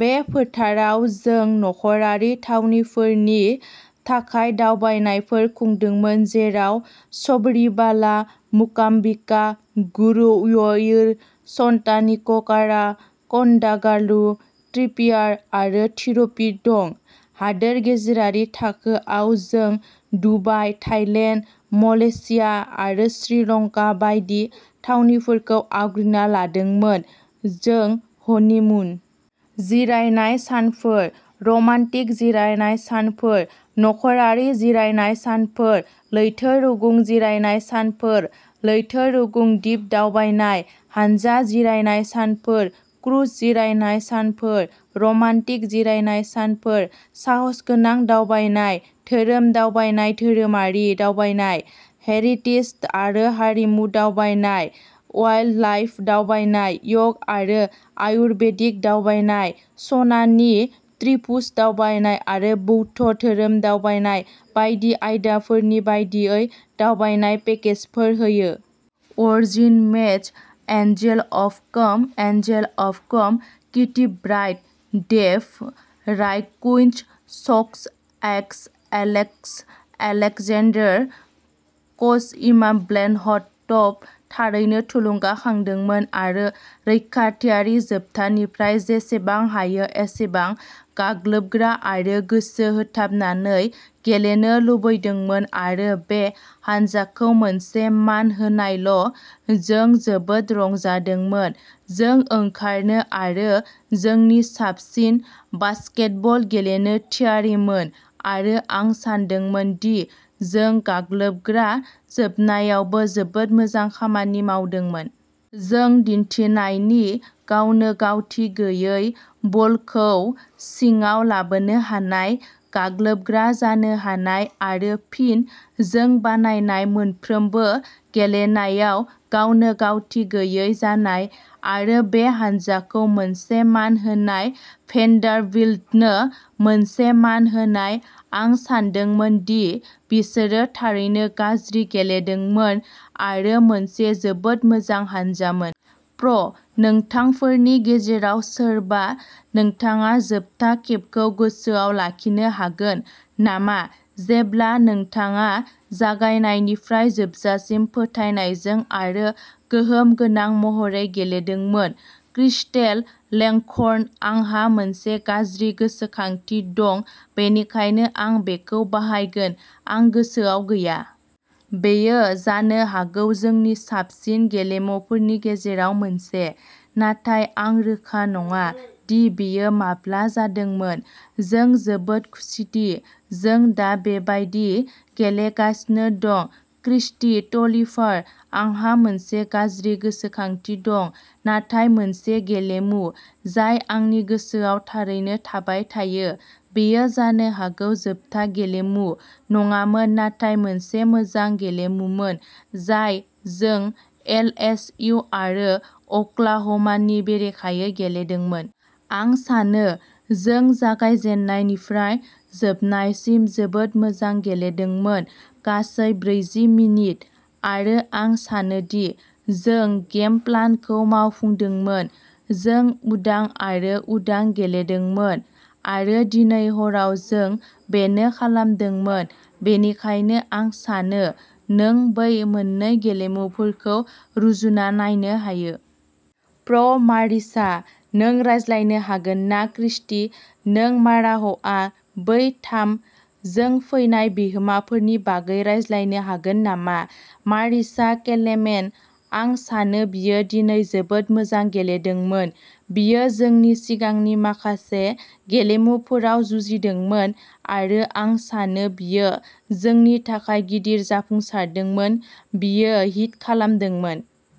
बे फोथाराव, जों नखरारि थावनिफोरनि थाखाय दावबायनायफोर खुंदोंमोन, जेराव शबरीबाला, मुकाम्बिका, गुरुवयुर, च'ट्टानिककारा, क'डुंगालुर, त्रिप्रियार आरो थिरुपथि दं। हादोर गेजेरारि थाखोआव, जों दुबाइ, थाइलेन्ड, मलेशिया आरो श्रीलंका बायदि थावनिफोरखौ आवग्रिना लादोंमोन। जों हनिमुन जिरायनाय सानफोर, रमान्टिक जिरायनाय सानफोर, नखरारि जिरायनाय सानफोर, लैथो रुगुं जिरायनाय सानफोर, लैथो रुगुं दिप दावबायनाय, हानजा जिरायनाय सानफोर, क्रुज जिरायनाय सानफोर, रमान्टिक जिरायनाय सानफोर, साहसगोनां दावबायनाय, धोरोम दावबायनाय धोरोमारि दावबायनाय, हेरिटेज आरो हारिमु दावबायनाय, वाइल्डलाइफ दावबायनाय, य'ग आरो आयुर्बेदिक दावबायनाय, सनानि त्रिभुज दावबायनाय आरो बौद्ध धोरोम दावबायनाय बायदि आयदाफोरनि बायदियै दावबायनाय पेकेजफोर होयो। वर्जिनमेइट्स। एन्जेलअफकम एन्जेलअफकम किटिब्राइट डेभ'राकुइन्टसक्सएक्सएलेक्सएलेक्जेन्डारक्सइमाब्लेनह'टब थारैनो थुलुंगाखांदोंमोन आरो रैखाथियारि जोबथानिफ्राय जेसेबां हायो एसेबां गाग्लोबग्रा आरो गोसो होथाबनानै गेलेनो लुबैदोंमोन। आरो बे हान्जाखौ मोनसे मान होनायल'। जों जोबोद रंजादोंमोन। जों ओंखारनो आरो जोंनि साबसिन बास्केटबल गेलेनो थियारिमोन, आरो आं सानदोंमोन दि जों गाग्लोबग्रा जोबनायावबो जोबोद मोजां खामानि मावदोंमोन। जों दिन्थिनायनि गावनोगावथि गैयै, बलखौ सिङाव लाबोनो हानाय, गाग्लोबग्रा जानो हानाय आरो फिन जों बानायनाय मोनफ्रोमबो गेलेनायाव गावनोगावथि गैयै जानाय। आरो बे हान्जाखौ मोनसे मान होनाय, भेन्डारबिल्टनो मोनसे मान होनाय, आं सानदोंमोन दि बिसोरो थारैनो गाज्रि गेलेदोंमोन आरो मोनसे जोबोद मोजां हानजामोन। प्र नोंथांफोरनि गेजेराव सोरबा, नोंथाङा जोबथा खेबखौ गोसोआव लाखिनो हागोन नामा जेब्ला नोंथाङा जागायनायनिफ्राय जोबजासिम फोथायनायजों आरो गोहोम गोनां महरै गेलेदोंमोन? क्रिस्टेल लेंघर्न आंहा मोनसे गाज्रि गोसोखांथि दं, बेनिखायनो आं बेखौ बाहायगोन। आं गोसोआव गैया। बेयो जानो हागौ जोंनि साबसिन गेलेमुफोरनि गेजेराव मोनसे, नाथाय आं रोखा नङा दि बेयो माब्ला जादोंमोन। जों जोबोद खुसिदि जों दा बेबायदि गेलेगासिनो दं। क्रिस्टि टलिभारः आंहा मोनसे गाज्रि गोसोखांथि दं। नाथाय मोनसे गेलेमु जाय आंनि गोसोआव थारैनो थाबाय थायो, बेयो जानो हागौ जोबथा गेलेमु नङामोन नाथाय मोनसे मोजां गेलेमुमोन जाय जों एलएसइउ आरो अक्लाह'मानि बेरेखायै गेलेदोंमोन। आं सानो जों जागायजेन्नायनिफ्राय जोबनायसिम जोबोद मोजां गेलेदोंमोन, गासै ब्रैजि मिनिट। आरो आं सानोदि जों गेम प्लानखौ मावफुंदोंमोन। जों उदां आरो उदां गेलेदोंमोन, आरो दिनै हराव जों बेनो खालामदोंमोन। बेनिखायनो आं सानो नों बै मोन्नै गेलेमुफोरखौ रुजुना नायनो हायो। प्र मारिसा, नों रायज्लायनो हागोन ना क्रिस्टि, नों माराहआ बै थाम जों फैनाय बिहोमाफोरनि बागै रायज्लायनो हागोन नामा? मारिसा कलेमेन आं सानो बियो दिनै जोबोद मोजां गेलेदोंमोन। बियो जोंनि सिगांनि माखासे गेलेमुफोराव जुजिदोंमोन आरो आं सानो बियो जोंनि थाखाय गिदिर जाफुंसारदोंमोन। बियो हिट खालामदोंमोन।